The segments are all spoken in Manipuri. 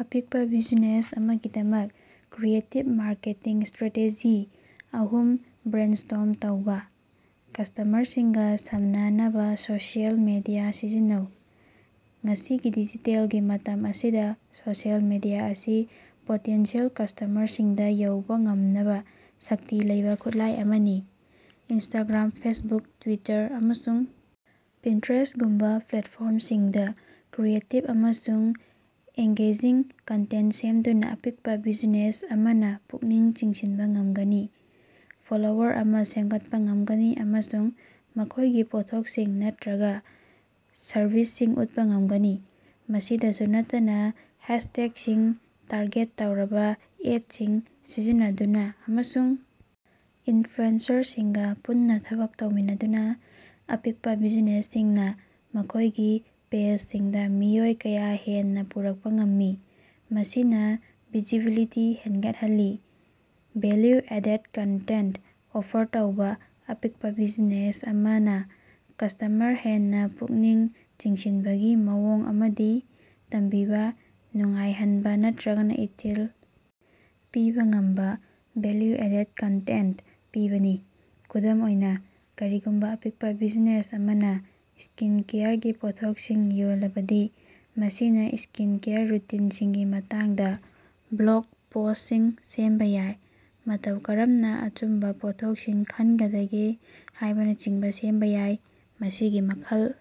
ꯑꯄꯤꯛꯄ ꯕꯤꯖꯤꯅꯦꯁ ꯑꯃꯒꯤꯗꯃꯛ ꯀ꯭ꯔꯤꯌꯦꯇꯤꯕ ꯃꯥꯔꯀꯦꯇꯤꯡ ꯁ꯭ꯇꯔꯦꯇꯦꯖꯤ ꯑꯍꯨꯝ ꯕ꯭ꯔꯦꯟꯁ꯭ꯇꯣꯔꯝ ꯇꯧꯕ꯫ ꯀꯁꯇꯃꯔꯁꯤꯡꯒ ꯁꯝꯅꯅꯕ ꯁꯣꯁꯤꯑꯦꯜ ꯃꯤꯗꯤꯌꯥ ꯁꯤꯖꯤꯟꯅꯧ: ꯉꯁꯤꯒꯤ ꯗꯤꯖꯤꯇꯦꯜꯒꯤ ꯃꯇꯝ ꯑꯁꯤꯗ ꯁꯣꯁꯤꯌꯦꯜ ꯃꯤꯗꯤꯌꯥ ꯑꯁꯤ ꯄꯣꯇꯦꯟꯁꯤꯌꯦꯜ ꯀꯁ꯭ꯇꯃꯔꯁꯤꯡꯗ ꯌꯧꯕ ꯉꯝꯅꯕ ꯁꯛꯇꯤ ꯂꯩꯕ ꯈꯨꯠꯂꯥꯏ ꯑꯃꯅꯤ꯫ ꯏꯟꯁꯇꯥꯒ꯭ꯔꯥꯝ, ꯐꯦꯁꯕꯨꯛ, ꯇ꯭ꯋꯤꯇꯔ, ꯑꯃꯁꯨꯡ ꯄꯤꯟꯇ꯭ꯔꯦꯁ ꯒꯨꯝꯕ ꯄ꯭ꯂꯦꯠꯐꯣꯔꯝꯁꯤꯡꯗ ꯀ꯭ꯔꯤꯌꯦꯇꯤꯕ ꯑꯃꯁꯨꯡ ꯑꯦꯡꯒꯦꯖꯤꯡ ꯀꯟꯇꯦꯟꯇ ꯁꯦꯝꯗꯨꯅ ꯑꯄꯤꯛꯄ ꯕꯤꯖꯤꯅꯦꯁ ꯑꯃꯅ ꯄꯨꯛꯅꯤꯡ ꯆꯤꯡꯁꯤꯟꯕ ꯉꯝꯒꯅꯤ, ꯐꯣꯂꯣꯋꯔ ꯑꯃ ꯁꯦꯝꯒꯠꯄ ꯉꯝꯒꯅꯤ ꯑꯃꯁꯨꯡ ꯃꯈꯣꯏꯒꯤ ꯄꯣꯠꯊꯣꯛꯁꯤꯡ ꯅꯠꯇ‌꯭ꯔꯒ ꯁꯔꯕꯤꯁꯁꯤꯡ ꯎꯠꯄ ꯉꯝꯒꯅꯤ꯫ ꯃꯁꯤꯗꯁꯨ ꯅꯠꯇꯅ, ꯍꯦꯁꯇꯦꯒꯁꯤꯡ, ꯇꯥꯔꯒꯦꯠ ꯇꯧꯔꯕ ꯑꯦꯗꯁꯤꯡ ꯁꯤꯖꯤꯟꯅꯗꯨꯅ, ꯑꯃꯁꯨꯡ ꯏꯟꯐ꯭ꯂꯨꯑꯦꯟꯁꯔꯁꯤꯡꯒ ꯄꯨꯟꯅ ꯊꯕꯛ ꯇꯧꯃꯤꯟꯅꯗꯨꯅ, ꯑꯄꯤꯛꯄ ꯕꯤꯖꯤꯅꯦꯁꯁꯤꯡꯅ ꯃꯈꯣꯏꯒꯤ ꯄꯦꯖꯁꯤꯡꯗ ꯃꯤꯑꯣꯏ ꯀꯌꯥ ꯍꯦꯟꯅ ꯄꯨꯔꯛꯄ ꯉꯝꯃꯤ, ꯃꯁꯤꯅ ꯚꯤꯖꯤꯕꯤꯂꯤꯇꯤ ꯍꯦꯟꯒꯠꯍꯜꯂꯤ꯫ ꯚꯦꯜꯌꯨ-ꯑꯦꯗꯦꯗ ꯀꯟꯇꯦꯟꯇ ꯑꯣꯐꯔ ꯇꯧꯕ: ꯑꯄꯤꯛꯄ ꯕꯤꯖꯤꯅꯦꯁ ꯑꯃꯅ ꯀꯁ꯭ꯇꯃꯔ ꯍꯦꯟꯅ ꯄꯨꯛꯅꯤꯡ ꯆꯤꯡꯁꯤꯟꯕꯒꯤ ꯃꯑꯣꯡ ꯑꯃꯗꯤ ꯇꯝꯕꯤꯕ, ꯅꯨꯡꯉꯥꯏꯍꯟꯕ ꯅꯠꯇ꯭ꯔꯒ ꯏꯊꯤꯜ ꯄꯤꯕ ꯉꯝꯕ ꯚꯦꯂ꯭ꯌꯨ-ꯑꯦꯗꯦꯗ ꯀꯟꯇꯦꯟꯇ ꯄꯤꯕꯅꯤ꯫ ꯈꯨꯗꯝ ꯑꯣꯏꯅ, ꯀꯔꯤꯒꯨꯝꯕ ꯑꯄꯤꯛꯄ ꯕꯤꯖꯤꯅꯦꯁ ꯑꯃꯅ ꯁ꯭ꯀꯤꯟꯀꯦꯌꯔꯒꯤ ꯄꯣꯠꯊꯣꯛꯁꯤꯡ ꯌꯣꯜꯂꯕꯗꯤ, ꯃꯁꯤꯅ ꯁ꯭ꯀꯤꯟꯀꯦꯌꯔ ꯔꯨꯇꯤꯟꯁꯤꯡꯒꯤ ꯃꯇꯥꯡꯗ ꯕ꯭ꯂꯣꯒ ꯄꯣꯁ꯭ꯇꯁꯤꯡ ꯁꯦꯝꯕ ꯌꯥꯏ, ꯃꯇꯧ ꯀꯔꯝꯅ ꯑꯆꯨꯝꯕ ꯄꯣꯠꯊꯣꯛꯁꯤꯡ ꯈꯟꯒꯗꯒꯦ ꯍꯥꯏꯕꯅ ꯆꯤꯡꯕ ꯁꯦꯝꯕ ꯌꯥꯏ꯫ ꯃꯁꯤꯒꯤ ꯃꯈꯜ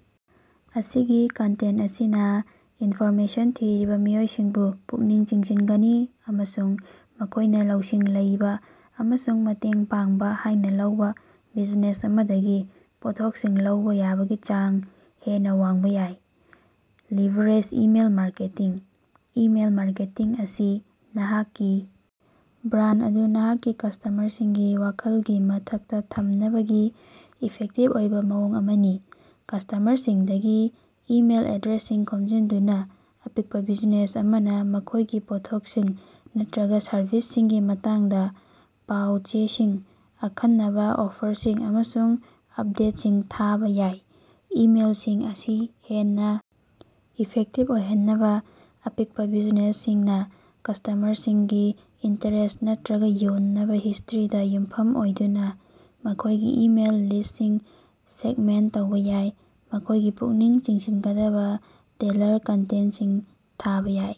ꯑꯁꯤꯒꯤ ꯀꯟꯇꯦꯟꯇ ꯑꯁꯤꯅ ꯏꯟꯐꯣꯔꯃꯦꯁꯟ ꯊꯤꯔꯤꯕ ꯃꯤꯑꯣꯏꯁꯤꯡꯕꯨ ꯄꯨꯛꯅꯤꯡ ꯆꯤꯡꯁꯤꯟꯒꯅꯤ, ꯑꯃꯁꯨꯡ ꯃꯈꯣꯏꯅ ꯂꯧꯁꯤꯡ ꯂꯩꯕ ꯑꯃꯁꯨꯡ ꯃꯇꯦꯡ ꯄꯥꯡꯕ ꯍꯥꯏꯅ ꯂꯧꯕ ꯕꯤꯖꯤꯅꯦꯁ ꯑꯃꯗꯒꯤ ꯄꯣꯠꯊꯣꯛꯁꯤꯡ ꯂꯧꯕ ꯌꯥꯕꯒꯤ ꯆꯥꯡ ꯍꯦꯟꯅ ꯋꯥꯡꯕ ꯌꯥꯏ꯫ Leverage email marketing: email marketing ꯑꯁꯤ ꯅꯍꯥꯛꯀꯤ ꯕ꯭ꯔꯥꯟꯗ ꯑꯗꯨ ꯅꯍꯥꯛꯀꯤ ꯀꯁ꯭ꯇꯃꯔꯁꯤꯡꯒꯤ ꯋꯥꯈꯜꯒꯤ ꯃꯊꯛꯇ ꯊꯝꯅꯕꯒꯤ ꯏꯐꯦꯛꯇꯤꯕ ꯑꯣꯏꯕ ꯃꯑꯣꯡ ꯑꯃꯅꯤ꯫ ꯀꯁ꯭ꯇꯃꯔꯁꯤꯡꯗꯒꯤ ꯏꯃꯦꯏꯜ ꯑꯦꯗ꯭ꯔꯦꯁꯁꯤꯡ ꯈꯣꯝꯖꯤꯟꯗꯨꯅ ꯑꯄꯤꯛꯄ ꯕꯤꯖꯤꯅꯦꯁ ꯑꯃꯅ ꯃꯈꯣꯏꯒꯤ ꯄꯣꯠꯊꯣꯛꯁꯤꯡ ꯅꯠꯇ꯭ꯔꯒ ꯁꯔꯚꯤꯁꯁꯤꯡꯒꯤ ꯃꯇꯥꯡꯗ ꯄꯥꯎ-ꯆꯦꯁꯤꯡ, ꯑꯈꯟꯅꯕ ꯑꯣꯐꯔꯁꯤꯡ, ꯑꯃꯁꯨꯡ ꯑꯞꯗꯦꯠꯁꯤꯡ ꯊꯥꯕ ꯌꯥꯏ꯫ ꯏꯃꯦꯏꯜꯁꯤꯡ ꯑꯁꯤ ꯍꯦꯟꯅ ꯏꯐꯦꯛꯇꯤꯕ ꯑꯣꯏꯍꯟꯅꯕ ꯑꯄꯤꯛꯄ ꯕꯤꯖꯤꯅꯦꯁꯁꯤꯡꯅ ꯀꯁ꯭ꯇꯃꯔꯁꯤꯡꯒꯤ ꯏꯟꯇ꯭ꯔꯦꯁ ꯅꯠꯇ꯭ꯔꯒ ꯌꯣꯟꯅꯕ ꯍꯤꯁꯇ꯭ꯔꯤꯗ ꯌꯨꯝꯐꯝ ꯑꯣꯏꯗꯨꯅ ꯃꯈꯣꯏꯒꯤ ꯏꯃꯦꯜ ꯂꯤꯁꯇꯁꯤꯡ ꯁꯦꯒꯃꯦꯟꯇ ꯇꯧꯕ ꯌꯥꯏ, ꯃꯈꯣꯏꯒꯤ ꯄꯨꯛꯅꯤꯡ ꯆꯤꯡꯁꯤꯟꯒꯗꯕ ꯇꯦꯜꯂꯔ ꯀꯟꯇꯦꯟꯇꯁꯤꯡ ꯊꯥꯕ ꯌꯥꯏ꯫